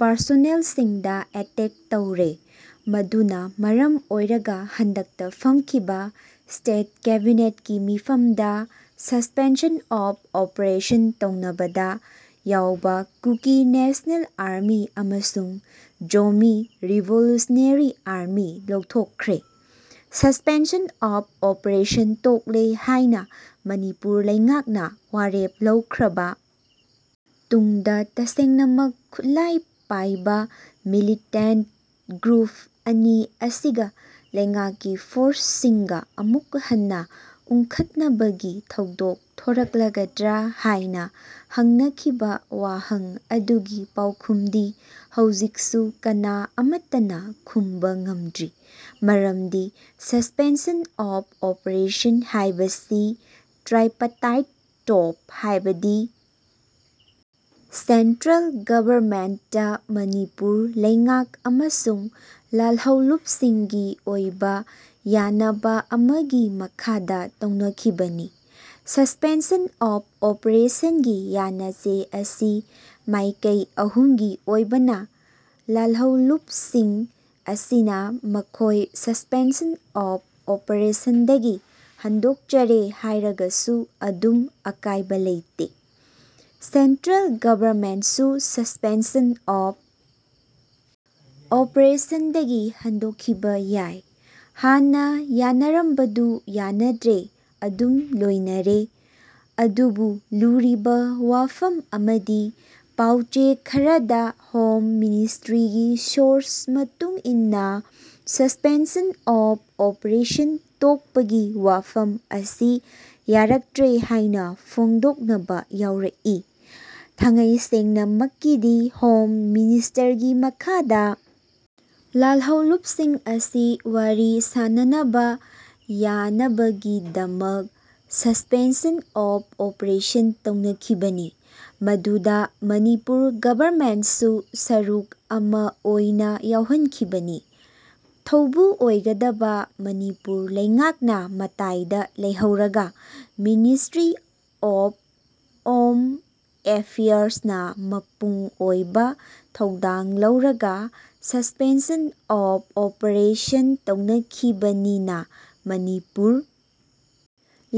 ꯄꯥꯔꯁꯣꯅꯦꯜꯁꯤꯡꯗ attack ꯇꯧꯔꯦ꯫ ꯃꯗꯨꯅ ꯃꯔꯝ ꯑꯣꯏꯔꯒ ꯍꯟꯗꯛꯇ ꯐꯝꯈꯤꯕ ꯁ꯭ꯇꯦꯠ ꯀꯦꯕꯤꯅꯦꯠꯀꯤ ꯃꯤꯐꯝꯗ ꯁꯁ꯭ꯄꯦꯟꯁꯟ ꯑꯣꯐ ꯑꯣꯄꯔꯦꯁꯟ ꯇꯧꯅꯕꯗ ꯌꯥꯎꯕ ꯀꯨꯀꯤ ꯅꯦꯁꯅꯦꯜ ꯑꯥꯔꯃꯤ ꯑꯃꯁꯨꯡ ꯖꯣꯃꯤ ꯔꯤꯚꯣꯂꯨꯁꯟꯅꯦꯔꯤ ꯑꯥꯔꯃꯤ ꯂꯧꯊꯣꯛꯈ꯭ꯔꯦ꯫ ꯁꯁ꯭ꯄꯦꯟꯁꯟ ꯑꯣꯐ ꯑꯣꯄꯔꯦꯁꯟ ꯇꯣꯛꯂꯦ ꯍꯥꯏꯅ ꯃꯅꯤꯄꯨꯔ ꯂꯩꯉꯥꯛꯅ ꯋꯥꯔꯦꯞ ꯂꯧꯈ꯭ꯔꯕ ꯇꯨꯡꯗ ꯇꯁꯦꯡꯅꯃꯛ ꯈꯨꯠꯂꯥꯏ ꯄꯥꯏꯕ ꯃꯤꯂꯤꯇꯦꯟꯠꯇ ꯒ꯭ꯔꯨꯞ ꯑꯅꯤ ꯑꯁꯤꯒ ꯂꯩꯉꯥꯛꯀꯤ ꯐꯣꯔꯁꯁꯤꯡꯒ ꯑꯃꯨꯛ ꯍꯟꯅ ꯎꯪꯈꯠꯅꯕꯒꯤ ꯊꯧꯗꯣꯛ ꯊꯣꯔꯛꯂꯒꯗ꯭ꯔ ꯍꯥꯏꯅ ꯍꯪꯅꯈꯤꯕ ꯋꯥꯍꯪ ꯑꯗꯨꯒꯤ ꯄꯥꯎꯈꯨꯝꯗꯤ ꯍꯧꯖꯤꯛꯁꯨ ꯀꯅꯥ ꯑꯃꯠꯇꯅ ꯈꯨꯝꯕ ꯉꯝꯗ꯭ꯔꯤ꯫ ꯃꯔꯝꯗꯤ ꯁꯁ꯭ꯄꯦꯟꯁꯟ ꯑꯣꯐ ꯑꯣꯄꯔꯦꯁꯟ ꯍꯥꯏꯕꯁꯤ ꯇ꯭ꯔꯥꯏꯄꯇꯥꯏꯠ ꯇꯣꯛ ꯍꯥꯏꯕꯗꯤ ꯁꯦꯟꯇ꯭ꯔꯦꯜ ꯒꯚꯔꯟꯃꯦꯟꯇ, ꯃꯅꯤꯄꯨꯔ ꯂꯩꯉꯥꯛ ꯑꯃꯁꯨꯡ ꯂꯥꯜꯍꯧꯂꯨꯞꯁꯤꯡꯒꯤ ꯑꯣꯏꯕ ꯌꯥꯅꯕ ꯑꯃꯒꯤ ꯃꯈꯥꯗ ꯇꯧꯅꯈꯤꯕꯅꯤ꯫ꯁꯁ꯭ꯄꯦꯟꯁꯟ ꯑꯣꯐ ꯑꯣꯄꯔꯦꯁꯟꯒꯤ ꯌꯥꯅꯆꯦ ꯑꯁꯤ ꯃꯥꯏꯀꯩ ꯑꯍꯨꯝꯒꯤ ꯑꯣꯏꯕꯅ ꯂꯥꯜꯍꯧꯂꯨꯞꯁꯤꯡ ꯑꯁꯤꯅ ꯃꯈꯣꯏ ꯁꯁ꯭ꯄꯦꯟꯁꯟ ꯑꯣꯐ ꯑꯣꯄꯔꯦꯁꯟꯗꯒꯤ ꯍꯟꯗꯣꯛꯆꯔꯦ ꯍꯥꯏꯔꯒꯁꯨ ꯑꯗꯨꯝ ꯑꯀꯥꯏꯕ ꯂꯩꯇꯦ꯫ ꯁꯦꯟꯇ꯭ꯔꯦꯜ ꯒꯚꯔꯟꯃꯦꯟꯠꯁꯨ ꯁꯁ꯭ꯄꯦꯟꯁꯟ ꯑꯣꯐ ꯑꯣꯄꯔꯦꯁꯟꯗꯒꯤ ꯍꯟꯗꯣꯛꯈꯤꯕ ꯌꯥꯏ꯫ ꯍꯥꯟꯅ ꯌꯥꯟꯅꯔꯝꯕꯗꯨ ꯌꯥꯟꯅꯗ꯭ꯔꯦ ꯑꯗꯨꯝ ꯂꯣꯏꯅꯔꯦ꯫ ꯑꯗꯨꯕꯨ ꯂꯨꯔꯤꯕ ꯋꯥꯐꯝ ꯑꯃꯗꯤ ꯄꯥꯎꯆꯦ ꯈꯔꯗ ꯍꯣꯝ ꯃꯤꯅꯤꯁꯇ꯭ꯔꯤꯒꯤ ꯁꯣꯔꯁ ꯃꯇꯨꯡ ꯏꯟꯅ ꯁꯁ꯭ꯄꯦꯟꯁꯟ ꯑꯣꯐ ꯑꯣꯄꯔꯦꯁꯟ ꯇꯣꯛꯄꯒꯤ ꯋꯥꯐꯝ ꯑꯁꯤ ꯌꯥꯔꯛꯇ꯭ꯔꯦ ꯍꯥꯏꯅ ꯐꯣꯡꯗꯣꯛꯅꯕ ꯌꯥꯎꯔꯛꯏ꯫ ꯊꯥꯡꯉꯩꯁꯦꯡꯅꯃꯛꯀꯤꯗꯤ ꯍꯣꯝ ꯃꯤꯅꯤꯁꯇꯔꯒꯤ ꯃꯈꯥꯗ ꯂꯥꯜꯍꯧꯂꯨꯞꯁꯤꯡ ꯑꯁꯤ ꯋꯥꯔꯤ ꯁꯥꯅꯅꯕ ꯌꯥꯅꯕꯒꯤꯗꯃ ꯁꯁ꯭ꯄꯦꯟꯁꯟ ꯑꯣꯐ ꯑꯣꯄꯔꯦꯁꯟ ꯇꯧꯅꯈꯤꯕꯅꯤ꯫ꯃꯗꯨꯗ ꯃꯅꯤꯄꯨꯔ ꯒꯚꯔꯟꯃꯦꯟꯠꯁꯨ ꯁꯔꯨꯛ ꯑꯃ ꯑꯣꯏꯅ ꯌꯥꯎꯍꯟꯈꯤꯕꯅꯤ꯫ ꯊꯧꯕꯨ ꯑꯣꯏꯒꯗꯕ ꯃꯅꯤꯄꯨꯔ ꯂꯩꯉꯥꯛꯅ ꯃꯇꯥꯏꯗ ꯂꯩꯍꯧꯔꯒ ꯃꯤꯅꯤꯁꯇ꯭ꯔꯤ ꯑꯣꯐ ꯑꯣꯝ ꯑꯦꯐꯤꯌꯥꯔꯁꯅ ꯃꯄꯨꯡ ꯑꯣꯏꯕ ꯊꯧꯗꯥꯡ ꯂꯧꯔꯒ ꯁꯁ꯭ꯄꯦꯟꯁꯟ ꯑꯣꯐ ꯑꯣꯄꯔꯦꯁꯟꯇꯧꯅꯈꯤꯕꯅꯤꯅ ꯃꯅꯤꯄꯨꯔ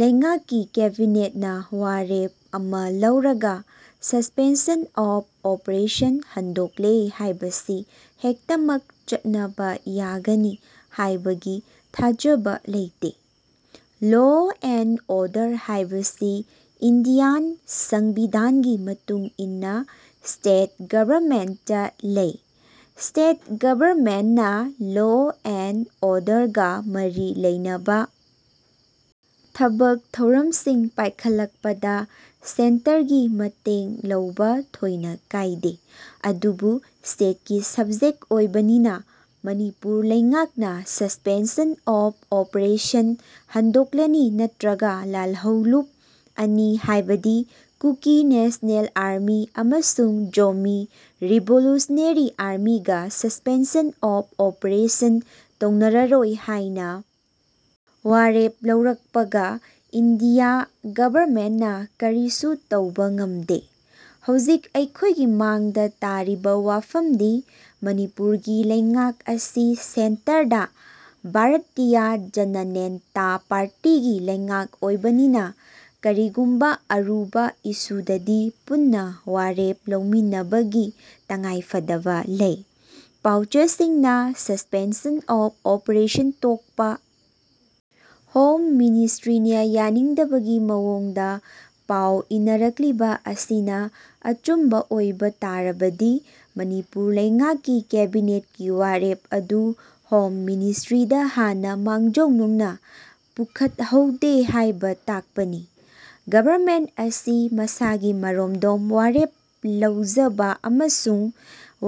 ꯂꯩꯉꯥꯛꯀꯤ ꯀꯦꯕꯤꯅꯦꯠꯅ ꯋꯥꯔꯦꯞ ꯑꯃ ꯂꯧꯔꯒ ꯁꯁ꯭ꯄꯦꯟꯁꯟ ꯑꯣꯐ ꯑꯣꯄꯔꯦꯁꯟ ꯍꯟꯗꯣꯛꯂꯦ ꯍꯥꯏꯕꯁꯤ ꯍꯦꯛꯇꯃꯛ ꯆꯠꯅꯕ ꯌꯥꯒꯅꯤ ꯍꯥꯏꯕꯒꯤ ꯊꯥꯖꯕ ꯂꯩꯇꯦ꯫ ꯂꯣ ꯑꯦꯟꯗ ꯑꯣꯔꯗꯔ ꯍꯥꯏꯕꯁꯤ ꯏꯟꯗꯤꯌꯥꯟ ꯁꯪꯕꯤꯙꯥꯟꯒꯤ ꯃꯇꯨꯡ ꯏꯟꯅ ꯁ꯭ꯇꯦꯠ ꯒꯚꯔꯟꯃꯦꯟꯠꯇ ꯂꯩ꯫ꯁ꯭ꯇꯦꯠ ꯒꯚꯔꯟꯃꯦꯟꯠꯅ ꯂꯣ ꯑꯦꯟꯗ ꯑꯣꯔꯗꯔꯒ ꯃꯔꯤ ꯂꯩꯅꯕ ꯊꯕꯛ ꯊꯧꯔꯝꯁꯤꯡ ꯄꯥꯏꯈꯠꯂꯛꯄꯗ ꯁꯦꯟꯇꯔꯒꯤ ꯃꯇꯦꯡꯂꯧꯕ ꯊꯣꯏꯅ ꯀꯥꯏꯗꯦ꯫ ꯑꯗꯨꯕꯨ ꯁ꯭ꯇꯦꯠꯀꯤ ꯁꯕꯖꯦꯛ ꯑꯣꯏꯕꯅꯤꯅ ꯃꯅꯤꯄꯨꯔ ꯂꯩꯉꯥꯛꯅ ꯁꯁ꯭ꯄꯦꯟꯁꯟ ꯑꯣꯐ ꯑꯣꯄꯔꯦꯁꯟ ꯍꯟꯗꯣꯛꯂꯅꯤ ꯅꯠꯇ꯭ꯔꯒ ꯂꯥꯜꯍꯧꯂꯨꯞ ꯑꯅꯤ ꯍꯥꯏꯕꯗꯤ ꯀꯨꯀꯤ ꯅꯦꯁꯅꯦꯜ ꯑꯥꯔꯃꯤ ꯑꯃꯁꯨꯡ ꯖꯣꯃꯤ ꯔꯤꯚꯣꯂꯨꯁꯟꯅꯦꯔꯤ ꯑꯥꯔꯃꯤꯒ ꯁꯁ꯭ꯄꯦꯟꯁꯟ ꯑꯣꯐ ꯑꯣꯄꯔꯦꯁꯟ ꯇꯧꯅꯔꯔꯣꯏ ꯍꯥꯏꯅ ꯋꯥꯔꯦꯞ ꯂꯧꯔꯛꯄꯒ ꯏꯟꯗꯤꯌꯥ ꯒꯚꯔꯟꯃꯦꯟꯠꯅ ꯀꯔꯤꯁꯨ ꯇꯧꯕ ꯉꯝꯗꯦ꯫ꯍꯧꯖꯤꯛ ꯑꯩꯈꯣꯏꯒꯤ ꯃꯥꯡꯗ ꯇꯥꯔꯤꯕ ꯋꯥꯐꯝꯗꯤ ꯃꯅꯤꯄꯨꯔꯒꯤ ꯂꯩꯉꯥꯛ ꯑꯁꯤ ꯁꯦꯟꯇꯔꯗ ꯚꯥꯔꯠꯇꯤꯌꯥ ꯖꯟꯅꯅꯦꯟꯇꯥ ꯄꯥꯔꯇꯤꯒꯤ ꯂꯩꯉꯥꯛ ꯑꯣꯏꯕꯅꯤꯅ ꯀꯔꯤꯒꯨꯝꯕ ꯑꯔꯨꯕ ꯏꯁꯨꯗꯗꯤ ꯄꯨꯟꯅ ꯋꯥꯔꯦꯞ ꯂꯧꯃꯤꯟꯅꯕꯒꯤ ꯇꯉꯥꯏꯐꯗꯕ ꯂꯩ꯫ ꯄꯥꯎꯆꯦꯁꯤꯡꯅ ꯁꯁ꯭ꯄꯦꯟꯁꯟ ꯑꯣꯐ ꯑꯣꯄꯔꯦꯁꯟ ꯇꯣꯛꯄ ꯍꯣꯝ ꯃꯅꯤꯁꯇ꯭ꯔꯤꯅ ꯌꯥꯅꯤꯡꯗꯕꯒꯤ ꯃꯑꯣꯡꯗ ꯄꯥꯎ ꯏꯅꯔꯛꯂꯤꯕ ꯑꯁꯤꯅ ꯑꯆꯨꯝꯕ ꯑꯣꯏꯕ ꯇꯥꯔꯕꯗꯤ ꯃꯅꯤꯄꯨꯔ ꯂꯩꯉꯥꯛꯀꯤ ꯀꯦꯕꯤꯅꯦꯠꯀꯤ ꯋꯥꯔꯦꯞ ꯑꯗꯨ ꯍꯣꯝ ꯃꯤꯅꯤꯁꯇ꯭ꯔꯤꯗ ꯍꯥꯟꯅ ꯃꯥꯡꯖꯧꯅꯅ ꯄꯨꯈꯠꯍꯧꯗꯦ ꯍꯥꯏꯕ ꯇꯥꯛꯄꯅꯤ꯫ ꯒꯚꯔꯃꯦꯟꯠ ꯑꯁꯤ ꯃꯁꯥꯒꯤ ꯃꯔꯣꯝꯗꯣꯝ ꯋꯥꯔꯦꯞ ꯂꯧꯖꯕ ꯑꯃꯁꯨꯡ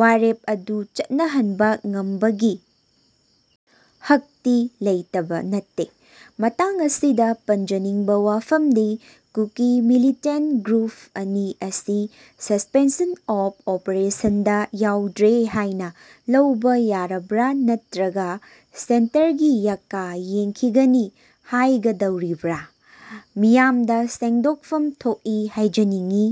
ꯋꯥꯔꯦꯞ ꯑꯗꯨ ꯆꯠꯅꯍꯟꯕ ꯉꯝꯕꯒꯤ ꯍꯛꯇꯤ ꯂꯩꯇꯕ ꯅꯠꯇꯦ꯫ ꯃꯇꯥꯡ ꯑꯁꯤꯗ ꯄꯟꯖꯅꯤꯡꯕ ꯋꯥꯐꯝꯗꯤ ꯀꯨꯀꯤ ꯃꯤꯂꯤꯇꯦꯟꯠꯇ ꯒ꯭ꯔꯨꯞ ꯑꯅꯤ ꯑꯁꯤ ꯁꯁ꯭ꯄꯦꯟꯁꯟ ꯑꯣꯐ ꯑꯣꯄꯔꯦꯁꯟꯗ ꯌꯥꯎꯗ꯭ꯔꯦ ꯍꯥꯏꯅ ꯂꯧꯕ ꯌꯥꯔꯕ꯭ꯔꯥ ꯅꯠꯇ꯭ꯔꯒ ꯁꯦꯟꯇꯔꯒꯤ ꯌꯥꯀꯥ ꯌꯦꯡꯈꯤꯒꯅꯤ ꯍꯥꯏꯒꯗꯧꯔꯤꯕ꯭ꯔꯥ ꯃꯤꯌꯥꯃꯗ ꯁꯦꯡꯗꯣꯛꯐꯝ ꯊꯣꯛꯏ ꯍꯥꯏꯖꯅꯤꯡꯉꯤ꯫